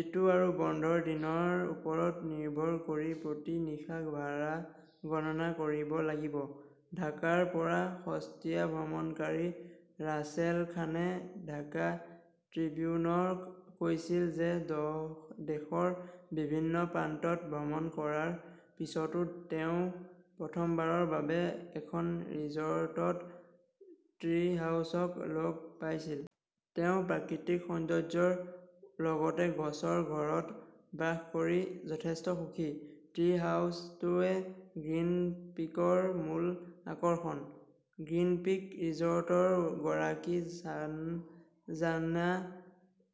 ঋতু আৰু বন্ধৰ দিনৰ ওপৰত নিৰ্ভৰ কৰি প্ৰতি নিশা ভাড়া গণনা কৰিব লাগিব। ঢাকাৰ পৰা সস্তীয়া ভ্ৰমণকাৰী ৰাছেল খানে ঢাকা ট্ৰিবিউনক কৈছিল যে দেশৰ বিভিন্ন প্ৰান্তত ভ্ৰমণ কৰাৰ পিছতো তেওঁ প্ৰথমবাৰৰ বাবে এখন ৰিজৰ্টত ট্ৰী হাউচক লগ পাইছিল। তেওঁ প্ৰাকৃতিক সৌন্দৰ্য্যৰ লগতে গছৰ ঘৰত বাস কৰি যথেষ্ট সুখী। ট্ৰী হাউচটোৱে গ্ৰীণ পিকৰ মূল আকৰ্ষণ, গ্ৰীণপিক ৰিজৰ্টৰ গৰাকী চানজানা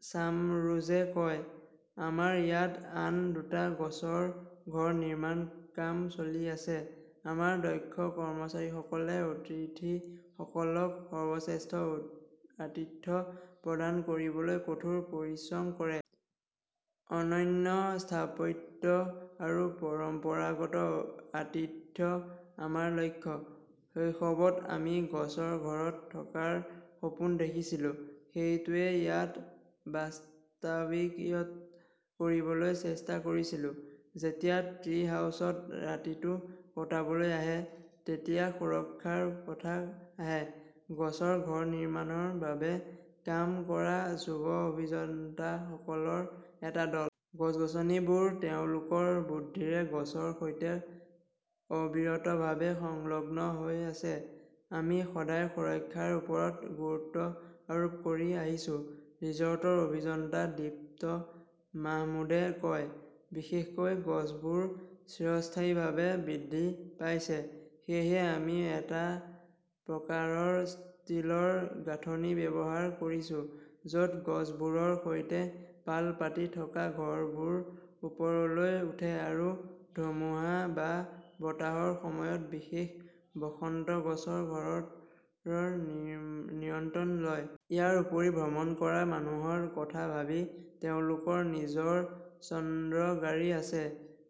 ছামৰোজে কয়। আমাৰ ইয়াত আন দুটা গছৰ ঘৰ নিৰ্মাণৰ কাম চলি আছে। আমাৰ দক্ষ কৰ্মচাৰীসকলে অতিথিসকলক সৰ্বশ্ৰেষ্ঠ আতিথ্য প্ৰদান কৰিবলৈ কঠোৰ পৰিশ্ৰম কৰে। অনন্য স্থাপত্য আৰু পৰম্পৰাগত আতিথ্য আমাৰ লক্ষ্য। শৈশৱত আমি গছৰ ঘৰত থকাৰ সপোন দেখিছিলোঁ, সেইটোৱেই ইয়াত বাস্তৱায়িত কৰিবলৈ চেষ্টা কৰিছিলোঁ। যেতিয়া ট্ৰী হাউচত ৰাতিটো কটাবলৈ আহে, তেতিয়া সুৰক্ষাৰ কথা আহে। গছৰ ঘৰ নিৰ্মাণৰ বাবে কাম কৰা যুৱ অভিযন্তাসকলৰ এটা দল। গছ-গছনিবোৰ তেওঁলোকৰ বুদ্ধিৰে গছৰ সৈতে অবিৰতভাৱে সংলগ্ন হৈ আছে। আমি সদায় সুৰক্ষাৰ ওপৰত গুৰুত্ব আৰোপ কৰি আহিছোঁ, ৰিজৰ্টৰ অভিযন্তা দিপ্ত মাহমুদে কয়। বিশেষকৈ গছবোৰ চিৰস্থায়ীভাৱে বৃদ্ধি পাইছে, সেয়েহে আমি এটা প্ৰকাৰৰ ষ্টীলৰ গাঁথনি ব্যৱহাৰ কৰিছোঁ, য'ত গছবোৰৰ সৈতে পাল পাতি থকা ঘৰবোৰ ওপৰলৈ উঠে আৰু ধুমুহা বা বতাহৰ সময়ত বিশেষ বসন্ত গছৰ ঘৰৰ নিয়ন্ত্ৰণ লয়। ইয়াৰ উপৰিও ভ্ৰমণ কৰা মানুহৰ কথা ভাবি তেওঁলোকৰ নিজৰ চন্দ্ৰ গাড়ী আছে।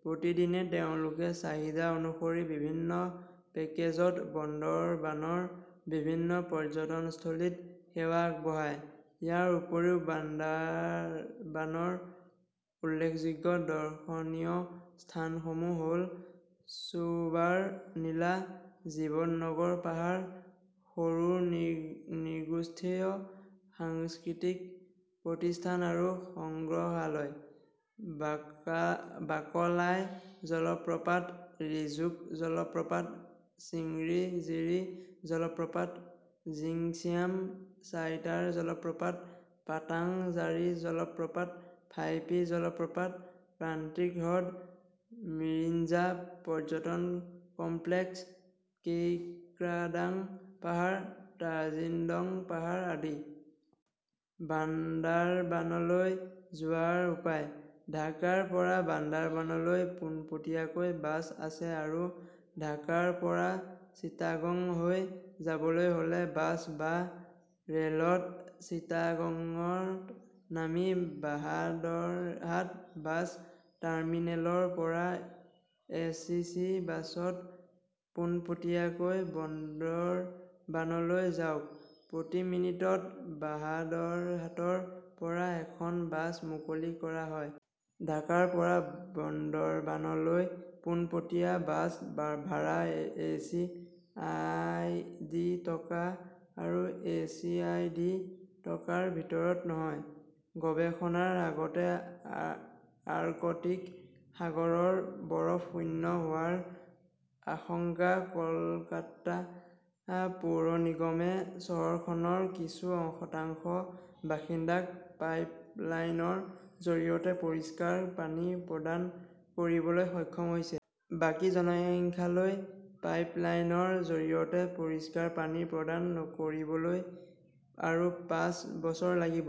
প্ৰতিদিনে তেওঁলোকে চাহিদা অনুসৰি বিভিন্ন পেকেজত বন্দৰবানৰ বিভিন্ন পৰ্যটনস্থলীত সেৱা আগবঢ়ায়। ইয়াৰ উপৰিও বান্দাৰবানৰ উল্লেখযোগ্য দৰ্শনীয় স্থানসমূহ হ'ল শ্বুবাৰ নীলা, জীৱন নগৰ পাহাৰ, সৰু নৃগোষ্ঠীয় সাংস্কৃতিক প্ৰতিষ্ঠান আৰু সংগ্ৰহালয়, বাকলাই জলপ্ৰপাত, ৰিজুক জলপ্ৰপাত, চিংৰি ঝিৰি জলপ্ৰপাত, জিংচিয়াম ছাইতাৰ জলপ্ৰপাত, পাটাং জাৰি জলপ্ৰপাত, ফাইপি জলপ্ৰপাত, প্ৰান্তিক হ্ৰদ, মিৰিঞ্জা পৰ্যটন কমপ্লেক্স, কেইক্ৰাডাং পাহাৰ, তাজিণ্ডং পাহাৰ আদি। বান্দাৰবানলৈ যোৱাৰ উপায়ঃ ঢাকাৰ পৰা বান্দাৰবানলৈ পোনপটীয়াকৈ বাছ আছে আৰু ঢাকাৰ পৰা চিটাগং হৈ যাবলৈ হ'লে বাছ বা ৰে'লত চিটাগঙত নামি বাহাদৰহাট বাছ টাৰ্মিনেলৰ পৰা এ চি চি বাছত পোনপটীয়াকৈ বন্দৰবানলৈ যাওক। প্ৰতি মিনিটত বাহাদৰহাটৰ পৰা এখন বাছ মুকলি কৰা হয়। ঢাকাৰ পৰা বন্দৰবানলৈ পোনপটীয়া বাছ ভাড়া এচি আই ডি টকা আৰু এচি আই ডি টকাৰ ভিতৰত নহয়। গৱেষণাৰ আগতে আৰ্কটিক সাগৰৰ বৰফ শূন্য হোৱাৰ আশংকা কলকাতা পৌৰ নিগমে চহৰখনৰ কিছু শতাংশ বাসিন্দাক পাইপলাইনৰ জৰিয়তে পৰিষ্কাৰ পানী প্ৰদান কৰিবলৈ সক্ষম হৈছে। বাকী জনসংখ্যালৈ পাইপলাইনৰ জৰিয়তে পৰিষ্কাৰ পানী প্ৰদান কৰিবলৈ আৰু পাঁচ বছৰ লাগিব।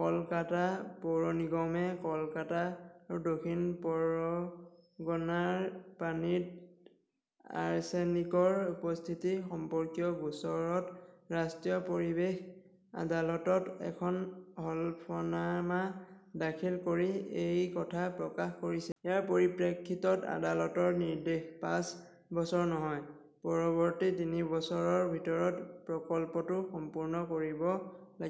কলকাতা পৌৰ নিগমে কলকাতা আৰু দক্ষিণ পৰগনাৰ পানীত আৰ্ছেনিকৰ উপস্থিতি সম্পৰ্কীয় গোচৰত ৰাষ্ট্ৰীয় পৰিৱেশ আদালতত এখন হলফনামা দাখিল কৰি এই কথা প্ৰকাশ কৰিছিল। ইয়াৰ পৰিপ্ৰেক্ষিতত, আদালতৰ নিৰ্দেশ, পাঁচ বছৰ নহয়, পৰৱৰ্তী তিনি বছৰৰ ভিতৰত প্ৰকল্পটো সম্পূৰ্ণ কৰিব লাগিব।